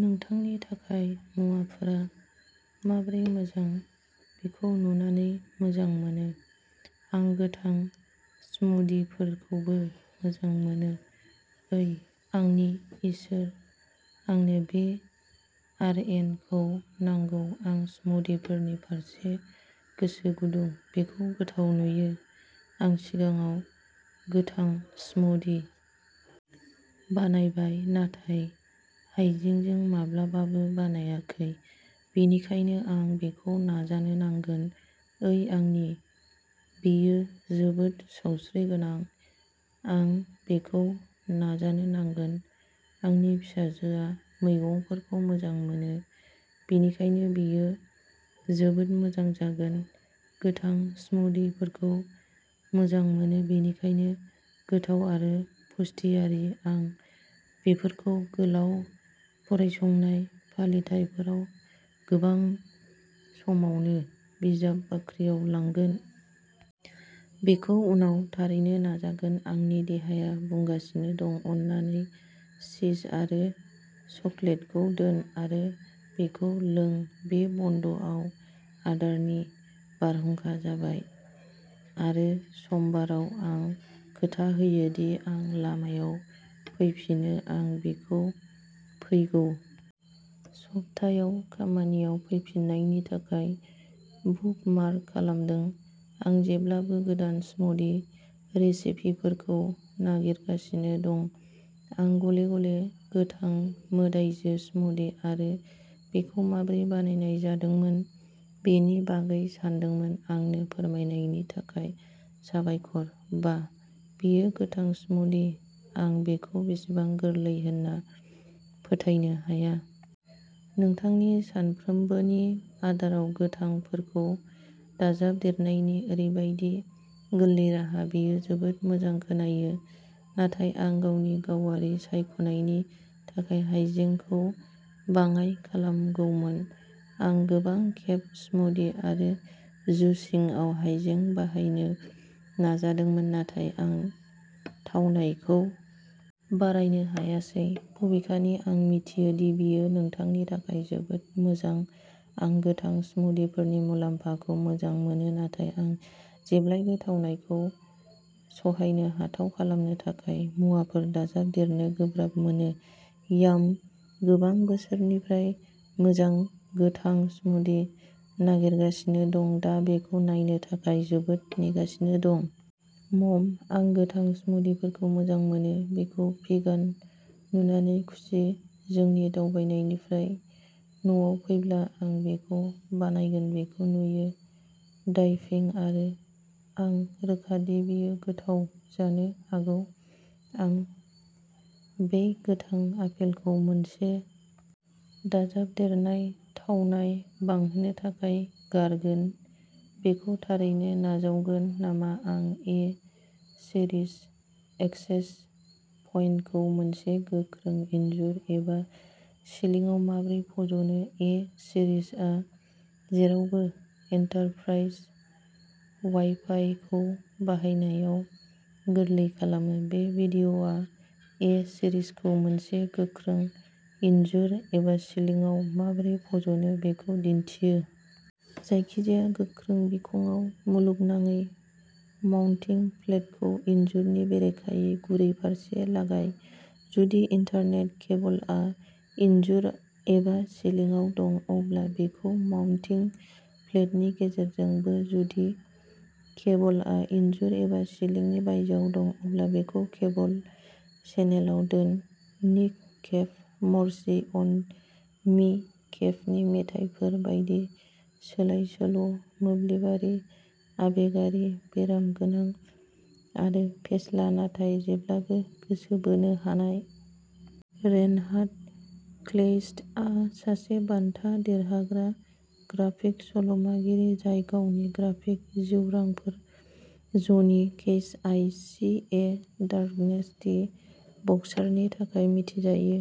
नोंथांनि थाखाय मुवाफोरा माबोरै मोजां बेखौ नुनानै मोजां मोनो। आं गोथां स्मूदिफोरखौबो मोजां मोनो। ओइ आंनि इसोर आंनो बे आरएनखौ नांगौ आं स्मूदिफोरनि फारसे गोसो गुदुं। बेखौ गोथाव नुयो आं सिगाङाव गोथां स्मूदि बानायबाय नाथाय हायजेंजों माब्लाबाबो बानायाखै बेनिखायनो आं बेखौ नाजानो नांगोन ओइ आंनि बेयो जोबोद सावस्रिगोनां आं बेखौ नाजानो नांगोन आंनि फिसाजोआ मैगंफोरखौ मोजां मोनो बेनिखायनो बेयो जोबोद मोजां जागोन गोथां स्मूदिफोरखौ मोजां मोनो बेनिखायनो गोथाव आरो पुष्टियारि आं बेफोरखौ गोलाव फरायसंनाय फालिथायफोराव गोबां समावनो बिजाब बाख्रियाव लांगोन। बेखौ उनाव थारैनो नाजागोन आंनि देहाया बुंगासिनो दं अन्नानै चिज आरो चकलेटखौ दोन आरो बेखौ लों बे बन्द'आव आदारनि बारहुंखा जाबाय आरो समबाराव आं खोथा होयो दि आं लामायाव फैफिनो आं बेखौ फैगौ सप्तायाव खामानियाव फैफिन्नायनि थाखाय बुकमार्क खालामदों आं जेब्लाबो गोदान स्मूदि रेसिपिफोरखौ नागिरगासिनो दं आं गले गले गोथां मोदाइजो स्मूदि आरो बेखौ माबोरै बानायनाय जादोंमोन बेनि बागै सानदोंमोन आंनो फोरमायनायनि थाखाय साबायखर बाह बेयो गोथां स्मूदि आं बेखौ बेसेबां गोरलै होनना फोथायनो हाया। नोंथांनि सानफ्रोमबोनि आदाराव गोथांफोरखौ दाजाबदेरनायनि ओरैबायदि गोरलै राहा बेयो जोबोद मोजां खोनायो नाथाय आं गावनि गावारि सायख'नायनि थाखाय हाइजेंखौ बाङाइ खालामगौमोन। आं गोबां खेब स्मूदि आरो जुसिंआव हाइजें बाहायनो नाजादोंमोन नाथाय आं थावनायखौ बारायनो हायासै बबेखानि आं मिथियो दि बेयो नोंथांनि थाखाय जोबोद मोजां आं गोथां स्मूदिफोरनि मुलाम्फाखौ मोजां मोनो नाथाय आं जेब्लाबो थावनायखौ सहायनो हाथाव खालामनो थाखाय मुवाफोर दाजाबदेरनो गोब्राब मोनो याम गोबां बोसोरनिफ्राय मोजां गोथां स्मूदि नागिरगासिनो दं दा बेखौ नायनो थाखाय जोबोद नेगासिनो दं। मम आं गोथां स्मूदिफोरखौ मोजां मोनो। बेखौ भिगान नुनानै खुसि जोंनि दावबायनायनिफ्राय न'आव फैब्ला आं बेखौ बानायगोन बेखौ नुयो डाइभिं आरो आं रोखा दि बेयो गोथाव जानो हागौ आं बै गोथां आपेलखौ मोनसे दाजाबदेरनाय थावनाय बांहोनो थाखाय गारगोन बेखौ थारैनो नाजावगोन नामा आं ए सिरिज एक्सेस पइन्टखौ मोनसे गोख्रों इनजुर एबा सिलिंआव माबोरै फज'नो ए सीरीजआ जेरावबो एन्टारप्राइज वाइफाइखौ बाहायनायाव गोरलै खालामो बे वीडियोआ ए सीरीजखौ मोनसे गोख्रों इनजुर एबा सिलिंआव माबोरै फज'नो बेखौ दिन्थियो। जायखिजाया गोख्रों बिखंआव मुलुगनाङै माउन्टिं प्लेटखौ इनजुरनि बेरेखायै गुरै फारसे लागाय। जुदि इथारनेट केबलआ इनजुर एबा सिलिंआव दं अब्ला बेखौ माउन्टिं प्लेटनि गेजेरजों बो जुदि केबलआ इनजुर एबा सिलिंनि बायजोआव दं अब्ला बेखौ केबल चेनेलाव दोन निक केभ मर्सी अन मी केभनि मेथाइफोर बायदि सोलाय सोल'मोब्लिबारि आबेगारि बेरामगोनां आरो फेस्ला नाथाय जेब्लाबो गोसो बोनो हानाय। रेनहार्ड क्लेइस्टआ सासे बान्था देरहाग्रा ग्राफिक सल'मागिरि जाय गावनि ग्राफिक जिउरांफोर जनि Cash I see a darkness the बक्सारनि थाखाय मिथिजायो।